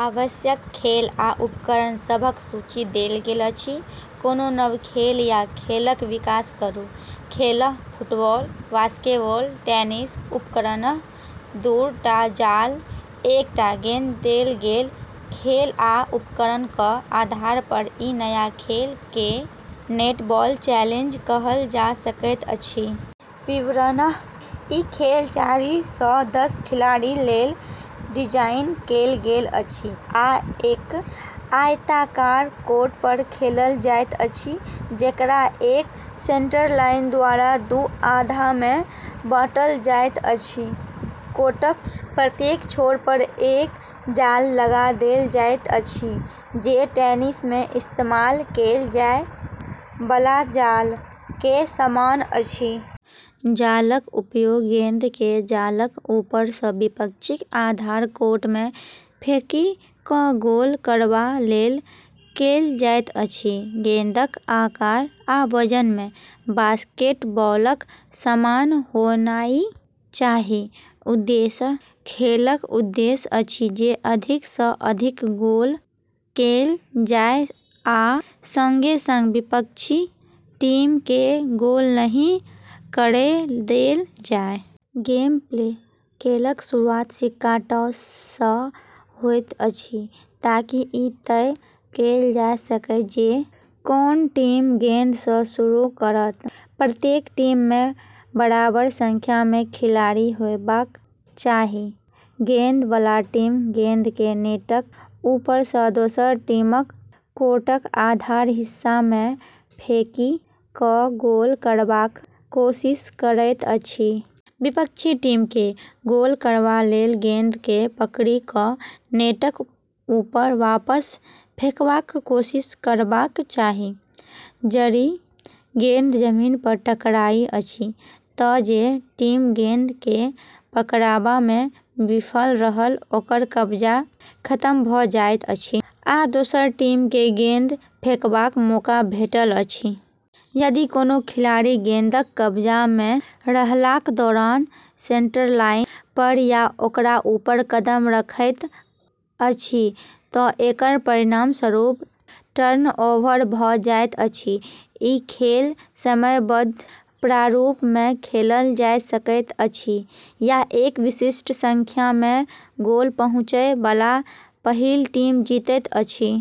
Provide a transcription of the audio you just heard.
आवश्यक खेल आ उपकरण सभक सूची देल गेल अछि, कोनो नव खेल या खेलक विकास करू। खेल: फुटबॉल, बास्केटबॉल, टेनिस उपकरण: दू टा जाल, एकटा गेंद देल गेल खेल आ उपकरणक आधार पर ई नया खेल केँ "नेट बॉल चैलेंज" कहल जा सकैत अछि। विवरण: ई खेल चारि सँ दस खिलाड़ी लेल डिजाइन कएल गेल अछि आ एक आयताकार कोर्ट पर खेलल जाइत अछि, जेकरा एक सेंटरलाइन द्वारा दू आधा मे बाँटल जाइत अछि। कोर्टक प्रत्येक छोर पर एक जाल लगा देल जाइत अछि, जे टेनिस मे इस्तेमाल कएल जाए बला जाल केँ समान अछि। जालक उपयोग गेंद केँ जालक ऊपर सँ विपक्षीक आधा कोर्ट मे फेंकि कऽ गोल करबा लेल कएल जाइत अछि। गेंदक आकार आ वजन मे बास्केटबॉलक समान होनाइ चाही। उद्देश्य: खेलक उद्देश्य अछि जे अधिक सँ अधिक गोल कएल जाए आ संगे-संग विपक्षी टीम केँ गोल नहि करै देल जाए। गेमप्ले: खेलक शुरुआत सिक्का टॉस सँ होइत अछि ताकि ई तय कएल जा सकए जे कोन टीम गेंद सँ शुरू करत। प्रत्येक टीम मे बराबर संख्या मे खिलाड़ी हेबाक चाही। गेंद बला टीम गेंद केँ नेटक ऊपर सँ दोसर टीमक कोर्टक आधा हिस्सा मे फेंकि कऽ गोल करबाक कोशिश करैत अछि। विपक्षी टीम केँ गोल करबा लेल गेंद केँ पकड़ि कऽ नेटक ऊपर वापस फेंकबाक कोशिश करबाक चाही। जरि गेंद जमीन पर टकराइत अछि तँ जे टीम गेंद केँ पकड़बा मे विफल रहल ओकर कब्जा खतम भऽ जाइत अछि, आ दोसर टीम केँ गेंद फेंकबाक मौका भेटैत अछि। यदि कोनो खिलाड़ी गेंदक कब्जा मे रहलाक दौरान सेंटरलाइन पर या ओकरा ऊपर कदम रखैत अछि तँ एकर परिणामस्वरूप टर्नओवर भऽ जाइत अछि। ई खेल समयबद्ध प्रारूप मे खेलल जा सकैत अछि या एक विशिष्ट संख्या मे गोल पहुँचे बला पहिल टीम जीतैत अछि।